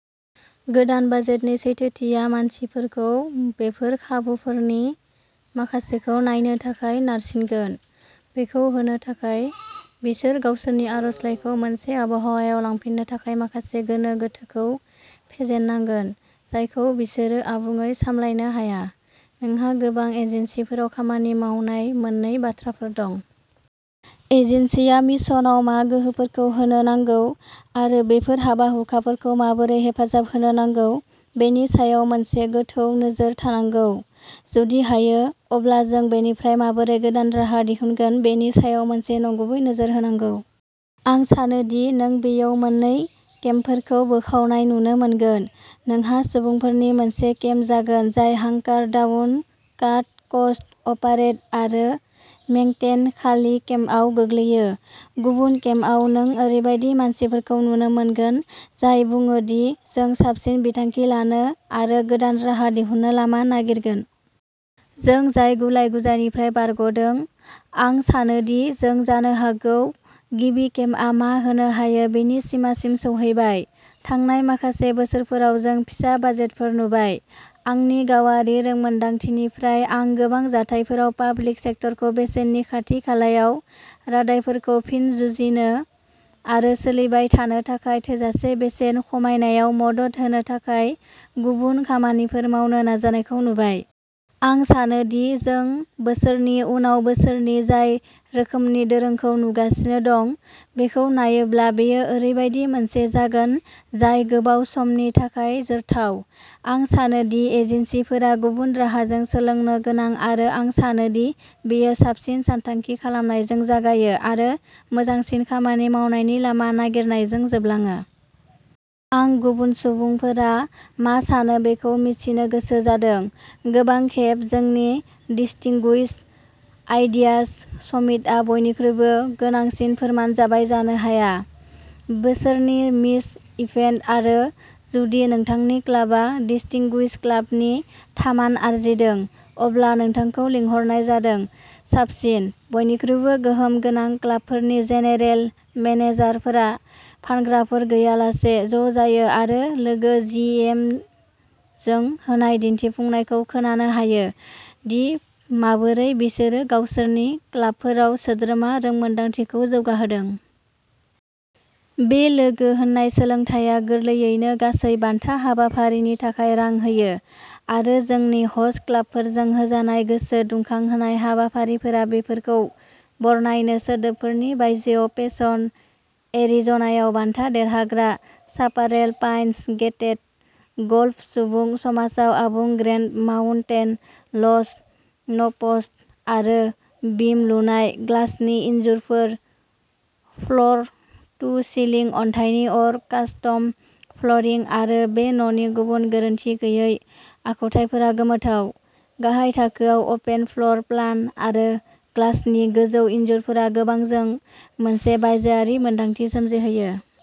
गोदान बाजेटनि सैथोथिया मानसिफोरखौ बेफोर खाबुफोरनि माखासेखौ नायनो थाखाय नारसिनगोन। बेखौ होनो थाखाय, बिसोर गावसोरनि आर'जलाइखौ मोनसे आबहावायाव लांफिननो थाखाय माखासे गोनो गोथोखौ फेजेननांगोन जायखौ बिसोरो आबुङै सामलायनो हाया। नोंहा गोबां एजेन्सिफोराव खामानि मावनाय मोन्नै बाथ्राफोर दं। एजेन्सिआ मिशनआव मा गोहोफोरखौ होनो नांगौ आरो बैफोर हाबा-हुखाफोरखौ माबोरै हेफाजाब होनो नांगौ, बेनि सायाव मोनसे गोथौ नोजोर थानांगौ। जुदि हायो, अब्ला जों बेनिफ्राय माबोरै गोदान राहा दिहुनगोन बेनि सायाव मोनसे नंगुबै नोजोर होनांगौ। आं सानो दि नों बेयाव मोन्नै केम्पफोरखौ बोखावनाय नुनो मोनगोन। नोंहा सुबुंफोरनि मोनसे केम्प जागोन जाय हांकार डाउन, काट कस्ट, अपारेट आरो मेंटेन खालि केम्पआव गोग्लैयो। गुबुन केम्पआव नों ओरैबायदि मानसिफोरखौ नुनो मोनगोन जाय बुङो दि जों साबसिन बिथांखि लानो आरो गोदान राहा दिहुननो लामा नागिरगोन। जों जाय गुलाय-गुजायनिफ्राय बारग'दों। आं सानो दि जों जानो हागौ गिबि केम्पआ मा होनो हायो बेनि सिमासिम सौहैबाय। थांनाय माखासे बोसोरफोराव जों फिसा बाजेटफोर नुबाय। आंनि गावारि रोंमोनदांथिनिफ्राय आं गोबां जाथायफोराव पाब्लिक सेक्टरखौ बेसेननि खाथि-खालायाव रादायफोरखौ फिन जुजिनो आरो सोलिबाय थानो थाखाय थोजासे बेसेन खमायनायाव मदद होनो थाखाय गुबुन खामानिफोर मावनो नाजानायखौ नुबाय। आं सानो दि जों बोसोरनि उनाव बोसोरनि जाय रोखोमनि दोरोंखौ नुगासिनो दं बेखौ नायोब्ला बेयो ओरैबायदि मोनसे जागोन जाय गोबाव समनि थाखाय जोरथाव। आं सानो दि एजेन्सिफोरा गुबुन राहाजों सोलोंनो गोनां आरो आं सानो दि बेयो साबसिन सानथांखि खालामनायजों जागायो आरो मोजांसिन खामानि मावनायनि लामा नागिरनायजों जोबलाङो। आं गुबुन सुबुंफोरा मा सानो बेखौ मिथिनो गोसो जादों। गोबां खेब, जोंनि डिस्टिंगुइश्ड आइडियाज समिटआ बयनिख्रुइबो गोनांसिन फोरमान जाबाय, जानो हाया। बोसोरनि मिस इभेन्ट, आरो जुदि नोंथांनि क्लाबआ डिस्टिंगुइश्ड क्लाबनि थामान आरजिदों, अब्ला नोंथांखौ लिंहरनाय जादों साबसिन, बयनिख्रुइबो गोहोम गोनां क्लाबफोरनि जेनेरेल मेनेजारफोरा फानग्राफोर गैयालासे ज'जायो आरो लोगो जि एम जों होनाय दिन्थिफुंनायखौ खोनानो हायो दि माबोरै बिसोरो गावसोरनि क्लाबफोराव सोद्रोमा रोंमोनदांथिखौ जौगाहोदों। बे लोगो होन्नाय सोलोंथायआ गोरलैयैनो गासै बान्था हाबाफारिनि थाखाय रां होयो, आरो जोंनि ह'स्ट क्लाबफोरजों होजानाय गोसो दुंखांहोनाय हाबाफारिफोरा बेफोरखौ बरनायनो सोदोबफोरनि बायजोआव पेसन, एरिज'नायाव बान्था देरहाग्रा चापारेल पाइन्स गेटेड, गल्फ सुबुं समाजाव आबुं ग्रेन्ड माउन्टेन लज न' प'स्ट आरो बिम लुनाय, ग्लासनि इनजुरफोर, फ्ल'र-टु-सिलिं अन्थाइनि अर, कास्टम फ्ल'रिं आरो बे न'नि गुबुन गोरोनथि गैयै आखुथायफोरा गोमोथाव, गाहाय थाखोआव अपेन फ्ल'र प्लान आरो ग्लासनि गोजौ इनजुरफोरा गोबांजों मोनसे बायजोआरि मोनदांथि सोमजिहोयो।